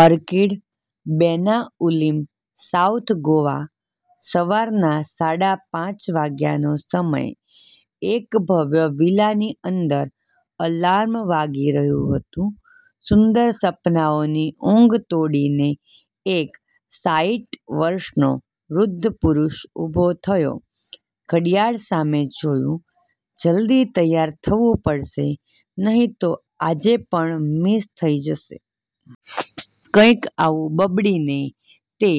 Orchid, Benaulim south Goa: સવારના સાડા પાંચ વાગ્યાનો સમય. એક ભવ્ય વિલાની અંદર અલાર્મ વાગી રહ્યું હતું. સુંદર સપનાઓની ઊંઘ તોડીને એક સાઈઠ વર્ષનો વૃદ્ધ પુરૂષ ઉભો થયો. ઘડિયાળ સામે જોયું, "જલ્દી તૈયાર થવું પડશે, નહીં તો આજે પણ મિસ થઈ જશે." કંઈક આવું બબડીને તે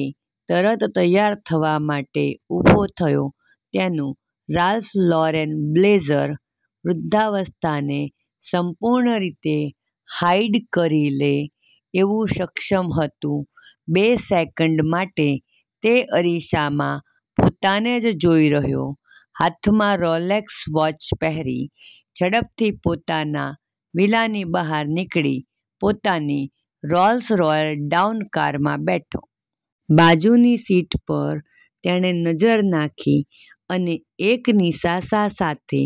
તરત તૈયાર થવા માટે ઉભો થયો. તેનું 'રાલ્ફ લોરેન બ્લેઝર' વૃદ્ધાવસ્થાને સંપૂર્ણ રીતે હાઇડ કરી લે એટલું સક્ષમ હતું. બે સેકન્ડ માટે તે અરીસામાં પોતાને જ જોઈ રહ્યો. હાથમાં રોલેક્સ વોચ પહેરી, ઝડપથી પોતાના વિલાની બહાર નીકળી પોતાની "રોલ્સ રોયલ ડાઉન" કારમાં બેઠો. બાજુની સીટ પર તેણે નજર નાખી, અને એક નિસાસા સાથે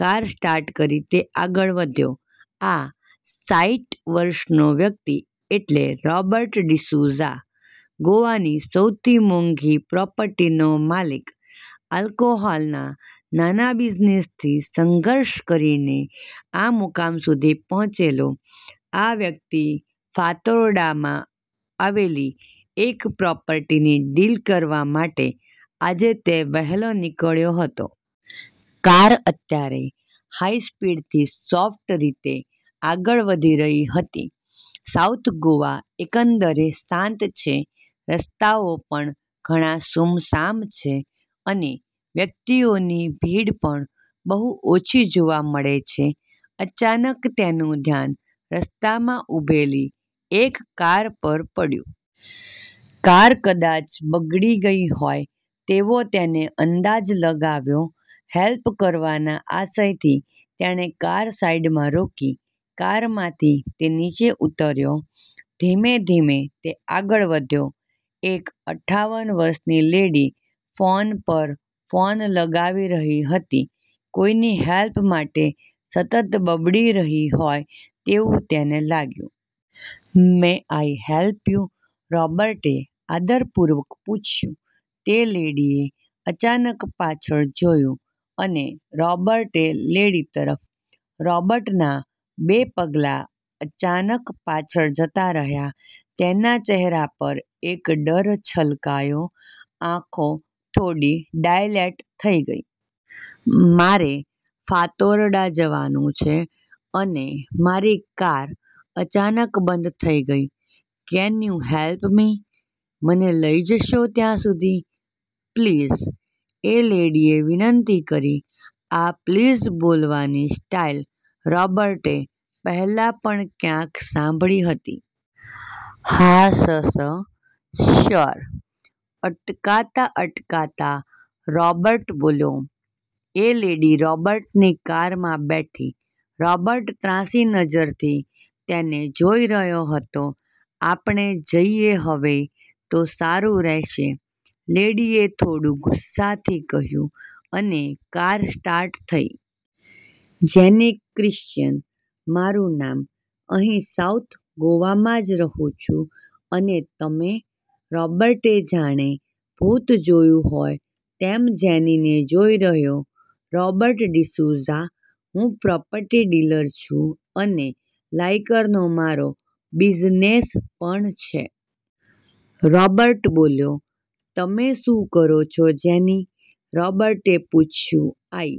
કાર સ્ટાર્ટ કરી તે આગળ વધ્યો. આ સાઈઠ વર્ષનો વ્યક્તિ એટલે રોબર્ટ ડિસુઝા. ગોવાની સૌથી મોંઘી પ્રોપર્ટીનો માલિક. આલ્કોહોલના નાના બિઝનેસથી સંઘર્ષ કરીને આ મુકામ સુધી પહોંચેલો, આ વ્યક્તિ 'ફાતોરડા' માં આવેલી એક પ્રોપર્ટીની ડીલ કરવા માટે આજે તે વહેલો નીકળ્યો હતો. કાર અત્યારે હાઇ સ્પીડથી સોફ્ટ રીતે આગળ વધી રહી હતી. સાઉથ ગોવા એકંદરે શાંત છે, રસ્તાઓ પણ ઘણા સૂમસામ છે, અને વ્યક્તિઓની ભીડ પણ બહુ ઓછી જોવા મળે છે. અચાનક તેનું ધ્યાન રસ્તામાં ઊભેલી એક કાર પર પડ્યું. કાર કદાચ બગડી ગઈ હોય તેવો તેને અંદાજ લગાવ્યો. હેલ્પ કરવાના આશયથી તેણે કાર સાઇડમાં રોકી કારમાંથી તે નીચે ઊતર્યો. ધીમે-ધીમે તે આગળ વધ્યો. એક અઠાવન વર્ષની લેડી ફોન પર ફોન લગાવી રહી હતી, કોઈની હેલ્પ માટે સતત બબડી રહી હોય તેવું તેને લાગ્યું. "May I help you?" રૉબર્ટે આદરપૂર્વક પૂછ્યું. તે લેડીએ અચાનક પાછળ જોયું અને રોબર્ટે લેડી તરફ. રોબર્ટના બે પગલાં અચાનક પાછળ જતા રહ્યા. તેના ચહેરા પર એક ડર છલકાયો. આંખો થોડી ડાયલેટ થઈ ગઈ. "મારે ફાતોરડા જવાનું છે અને મારી કાર અચાનક બંધ થઈ ગઈ, કેન યુ હેલ્પ મી? મને લઈ જશો ત્યાં સુધી? પ્લીઝ!" એ લેડીએ વિનંતી કરી. આ પ્લીઝ બોલવાની સ્ટાઈલ રૉબર્ટે પહેલા પણ ક્યાંક સાંભળી હતી. "હા સ, સ, સ્યોર!" અટકાતા-અટકાતા રોબર્ટ બોલ્યો.. એ લેડી રોબર્ટની કારમાં બેઠી. રોબર્ટ ત્રાંસી નજરથી તેને જોઈ રહ્યો હતો. "આપણે જઈએ હવે તો સારૂ રહેશે!" લેડીએ થોડુ ગુસ્સાથી કહ્યું. અને કાર સ્ટાર્ટ થઈ. " 'જેની ક્રિસ્ચયન' મારૂ નામ. અહીં સાઉથ ગોવામાં જ રહું છું, અને તમે?" રોબર્ટે જાણે ભૂત જોયું હોય તેમ જેનીને જોઈ રહ્યો. " 'રૉબર્ટ ડિસુઝા', હું પ્રોપર્ટી ડીલર છું, અને લાઈકરનો મારો બિઝનેસ પણ છે." રૉબર્ટ બોલ્યો. "તમે શું કરો છો જેની?" રૉબર્ટે પૂછ્યું. "આઈ